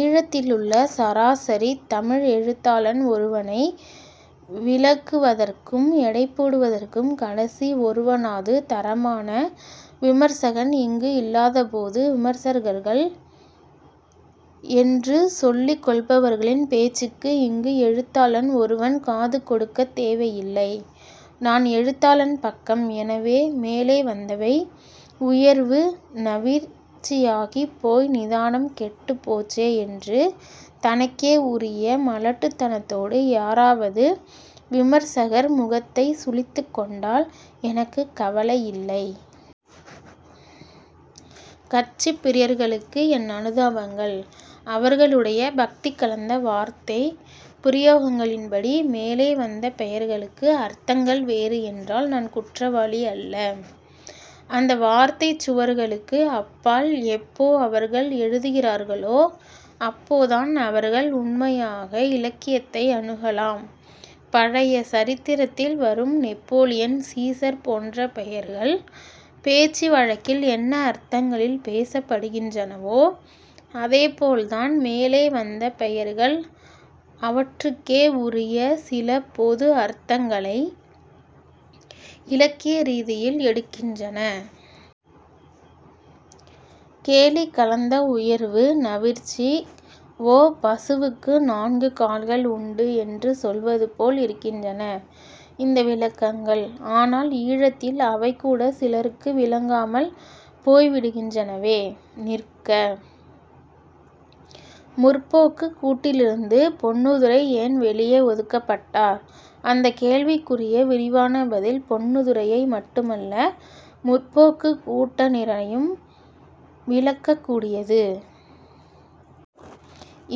ஈழத்திலுள்ள சராசரித் தமிழ் எழுத்தாளன் ஒருவனை விளக்குவதற்கும் எடைபோடுவதற்கும் கடைசி ஒருவனாவது தரமான விமர்சகன் இங்கு இல்லாதபோது விமர்சகர்கள் என்று சொல்லிக்கொள்பவர்களின் பேச்சுக்கு இங்கு எழுத்தாளன் ஒருவன் காது கொடுக்கத் தேவையில்லை. நான் எழுத்தாளன் பக்கம். எனவே, மேலே வந்தவை உயர்வு நவிற்சியாகிப் போய் நிதானம் கெட்டுப் போச்சே என்று தனக்கே உரிய மலட்டுத்தனத்தோடு யாராவது விமர்சகர் முகத்தைச் சுளித்துக்கொண்டால் எனக்குக் கவலை இல்லை. கட்சிப் பிரியர்களுக்கு என் அனுதாபங்கள். அவர்களுடைய பக்தி கலந்த வார்த்தைப் பிரயோகங்களின்படி மேலே வந்த பெயர்களுக்கு அர்த்தங்கள் வேறு என்றால் நான் குற்றவாளி அல்ல. அந்த வார்த்தைச் சுவர்களுக்கு அப்பால் எப்போ அவர்கள் எழுதுகிறார்களோ அப்போதான் அவர்கள் உண்மையாக இலக்கியத்தை அணுகலாம். பழைய சரித்திரத்தில் வரும் நெப்போலியன், சீசர் போன்ற பெயர்கள் பேச்சுவழக்கில் என்ன அர்த்தங்களில் பேசப்படுகின்றனவோ அதேபோல் தான் மேலே வந்த பெயர்கள் அவற்றுக்கே உரிய சில பொது அர்த்தங்களை இலக்கிய ரீதியில் எடுக்கின்றன. கேலி கலந்த உயர்வு நவிற்சி. ஓ, பசுவுக்கு நான்கு கால்கள் உண்டு என்று சொல்வதுபோல் இருக்கின்றன இந்த விளக்கங்கள்.. ஆனால் ஈழத்தில் அவைகூட சிலருக்கு விளங்காமல் போய்விடுகின்றனவே. நிற்க, 'முற்போக்கு'க் கூட்டிலிருந்து பொன்னுத்துரை ஏன் வெளியே ஒதுக்கப்பட்டார்? அந்தக் கேள்விக்குரிய விரிவான பதில் பொன்னுத்துரையை மட்டுமல்ல 'முற்போக்கு'க் கூட்டினரையும் விளக்கக் கூடியது.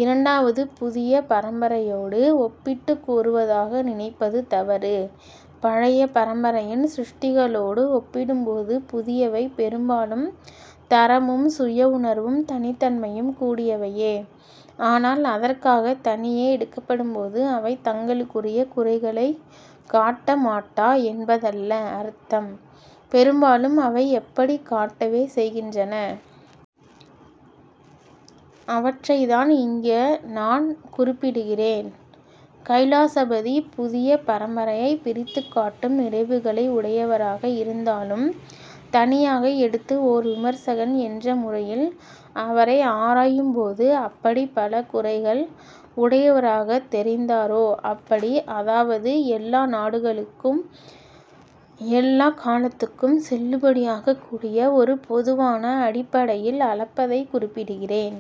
இரண்டாவது, புதிய பரம்பரையோடு ஒப்பிட்டுக் கூறுவதாக நினைப்பது தவறு. பழைய பரம்பரையின் சிருஷ்டிகளோடு ஒப்பிடும்போது புதியவை பெரும்பாலும் தரமும் சுயஉணர்வும் தனித்தன்மையும் கூடியவையே. ஆனால் அதற்காக, தனியே எடுக்கப்படும்போது அவை தங்களுக்குரிய குறைகளைக் காட்ட மாட்டா என்பதல்ல அர்த்தம். பெரும்பாலும் அவை எப்படிக் காட்டவே செய்கின்றன. அவற்றைத்தான் இங்க நான் குறிப்பிடுகிறேன். கைலாசபதி புதிய பரம்பரையைப் பிரித்துக் காட்டும் நிறைவுகளை உடையவராக இருந்தாலும் தனியாக எடுத்து ஒர் விமர்சகன் என்ற முறையில் அவரை ஆராயும் போது அப்படிப் பல குறைகளை உடையவராகத் தெரிந்தாரோ அப்படி. அதாவது எல்லா நாடுகளுக்கும் எல்லாக் காலத்துக்கும் செல்லுபடியாகக் கூடிய ஒரு பொதுவான அடிப்படையில் அளப்பதைக் குறிப்பிடுகிறேன்.